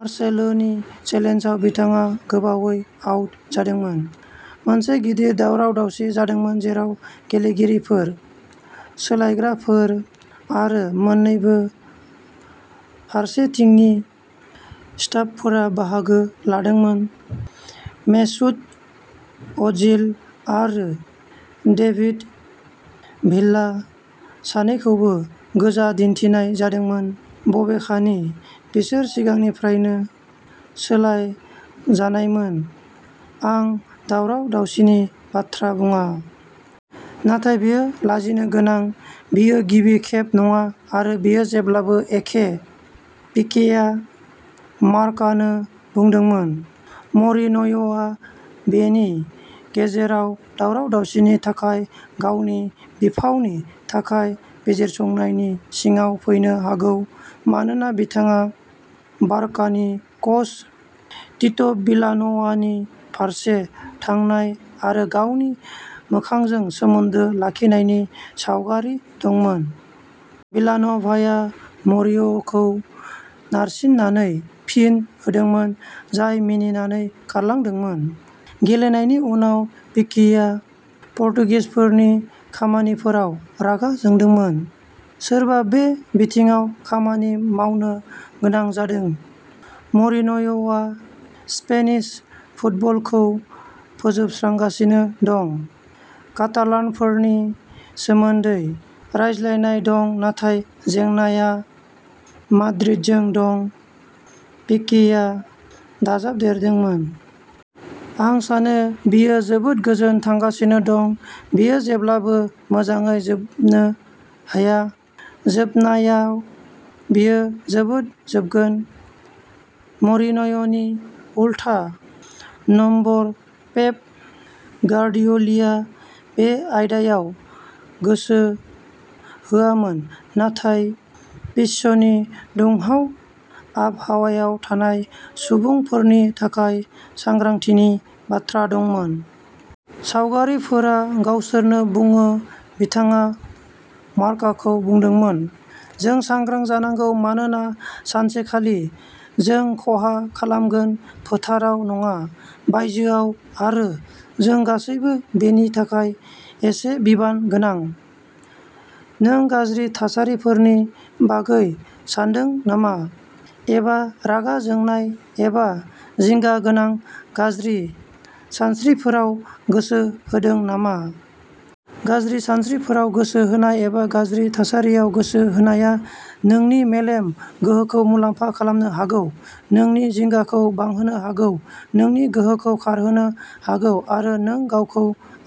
मार्सेलोनि चेलेन्जआव बिथाङा गोबावै आउट जादोंमोन। मोनसे गिदिर दावराव-दावसि जादोंमोन जेराव गेलेगिरिफोर, सोलायग्राफोर आरो मोननैबो फारसेथिंनि स्टाफफोरा बाहागो लादोंमोन मेसुत अजिल आरो डेभिड भिल्ला सानैखौबो गोजा दिन्थिनाय जादोंमोन बबेखानि बिसोर सिगांनिफ्रायनो सोलायजानायमोन। आं दावराव-दावसिनि बाथ्रा बुङा। नाथाय बेयो लाजिनोगोनां, बेयो गिबि खेब नङा आरो बेयो जेब्लाबो एखे पिकेआ मार्कानो बुंदोंमोन। मरिनय'आ बेनि गेजेराव दावराव-दावसिनि थाखाय गावनि बिफावनि थाखाय बिजिरसंनायनि सिङाव फैनो हागौ मानोना बिथाङा बारकानि कच टिट'विलान'वानि फारसे थांनाय आरो गावनि मोखांजों सोमोन्दो लाखिनायनि सावगारि दंमोन। विलान'भाया मरिनय'खौ नारसिन्नानै फिन होदोंमोन जाय मिनिनानै खारलांदोंमोन। गेलेनायनि उनाव पिकेआ पर्तुगिसफोरनि खामानिफोराव रागा जोंदोंमोन। सोरबा बे बिथिङाव खामानि मावनो गोनां जादों। मरिनय'आ स्पेनिश फुटबलखौ फोजोबस्रांगासिनो दं। कातालानफोरनि सोमोन्दै रायज्लायनाय दं नाथाय जेंनाआ माद्रिदजों दं पिकेआ दाजाबदेरदोंमोन। आं सानो बेयो जोबोद गोजान थांगासिनो दं। बेयो जेब्लाबो मोजाङै जोबनो हाया। जोबनायाव बेयो जोबोद जोबगोन। "मरिनय'नि उल्था नम्बर पेप गार्डिय'लिया बे आयदायाव गोसो होआमोन नाथाय पिच्चनि दुंहाव आबहावायाव थानाय सुबुंफोरनि थाखाय सांग्रांथिनि बाथ्रा दंमोन।" सावगारिफोरा गावसोरनो बुङो बिथाङा मार्काखौ बुंदोंमोन। "जों सांग्रां जानांगौ मानोना सानसेखालि जों खहा खालामगोन फोथाराव नङा बायजोयाव आरो जों गासैबो बेनि थाखाय एसे बिबान गोनां।" नों गाज्रि थासारिफोरनि बागै सानदों नामा? एबा रागा जोंनाय एबा जिंगा गोनां गाज्रि सानस्रिफोराव गोसो होदों नामा? गाज्रि सानस्रिफोराव गोसो होनाय एबा गाज्रि थासारिफोराव गोसो होनाया नोंनि मेलेम गोहोखौ मुलाम्फा खालामनो हागौ, नोंनि जिंगाखौ बांहोनो हागौ नोंनि गोहोखौ खारहोनो हागौ आरो नों गावखौ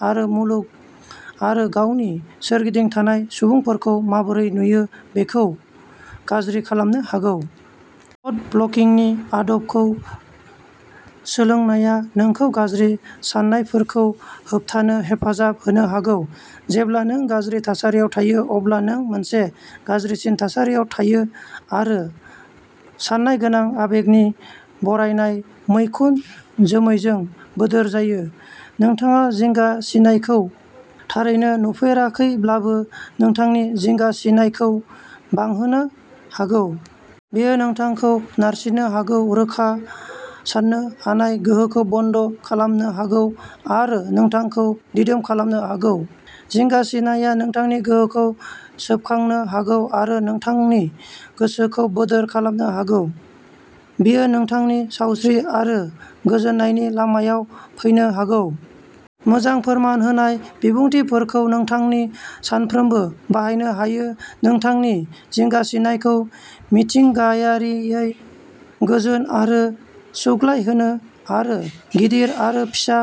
आरो मुलुग आरो गावनि सोरगिदिं थानाय सुबुंफोरखौ माबोरै नुयो बेखौ गाज्रि खालामनो हागौ। थ'ट ब्ल'किं नि आदबखौ सोलोंनाया नोंखौ गाज्रि साननायफोरखौ होबथानो हेफाजाब होनो हागौ। जेब्ला नों गाज्रि थासारियाव थायो अब्ला नों मोनसे गाज्रिसिन थासारियाव थायो आरो सानायगोनां आबेगनि बारायनाय मैखुन जोमैजों बोदोर जायो। नोंथाङा जिंगासिनायखौ थारैनो नुवाखैब्लाबो नोंथांनि जिंगासिनायखौ बांहोनो हागौ। बेयो नोंथांखौ नारसिननो हागौ रोखा सान्नो हानाय गोहोखौ बन्द'खालामनो हागौ आरो नोंथांखौ दिदोम खालामनो हागौ। जिंगासिनाया नोंथांनि गोहोखौ सोबखांनो हागौ आरो नोंथांनि गोसोखौ बोदोर खालामनो हागौ। बियो नोंथांनि सावस्रि आरो गोजोननायनि लामायाव फैनो हागौ। मोजां फोरमान होनाय बिबुंथिफोरखौ नोंथांनि सानफ्रोमबो बाहायनो हायो नोंथांनि जिंगासिनायखौ मिथिंगायारियै गोजोन आरो सुग्लायहोनो आरो गिदिर आरो फिसा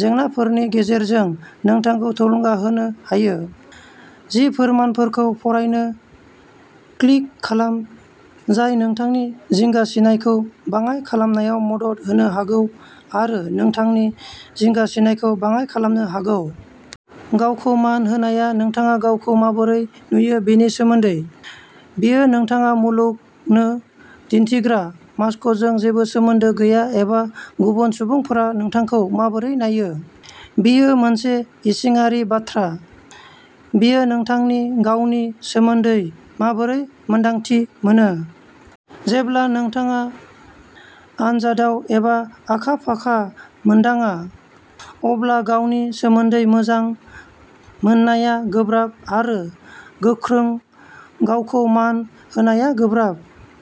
जेंनाफोरनि गेजेरजों नोंथांखौ थुलुंगा होनो हायो। जि फोरमानफोरखौ फरायनो क्लिक खालाम जाय नोंथांनि जिंगासिनायखौ बाङाय खालामनायाव मदद होनो हागौ आरो नोंथांनि जिंगासिनायखौ बाङाय खालामनो हागौ। गावखौ मान होनायआ नोंथाङा गावखौ माबोरै नुयो बेनि सोमोन्दै। बेयो नोंथाङा मुलुगनो दिन्थिग्रा मास्कजों जेबो सोमोन्दो गैया एबा गुबुन सुबुंफोरा नोंथांखौ माबोरै नायो। बेयो मोनसे इसिङारि बाथ्रा। बेयो नोंथांनि गावनि सोमोन्दै माबोरै मोन्दांथि मोनो। जेब्ला नोंथाङा अनजाथाव एबा आखा-फाखा मोनदाङा, अब्ला गावनि सोमोन्दै मोजां मोननाया गोब्राब आरो गोख्रों गावखौ मान होनाया गोब्राब।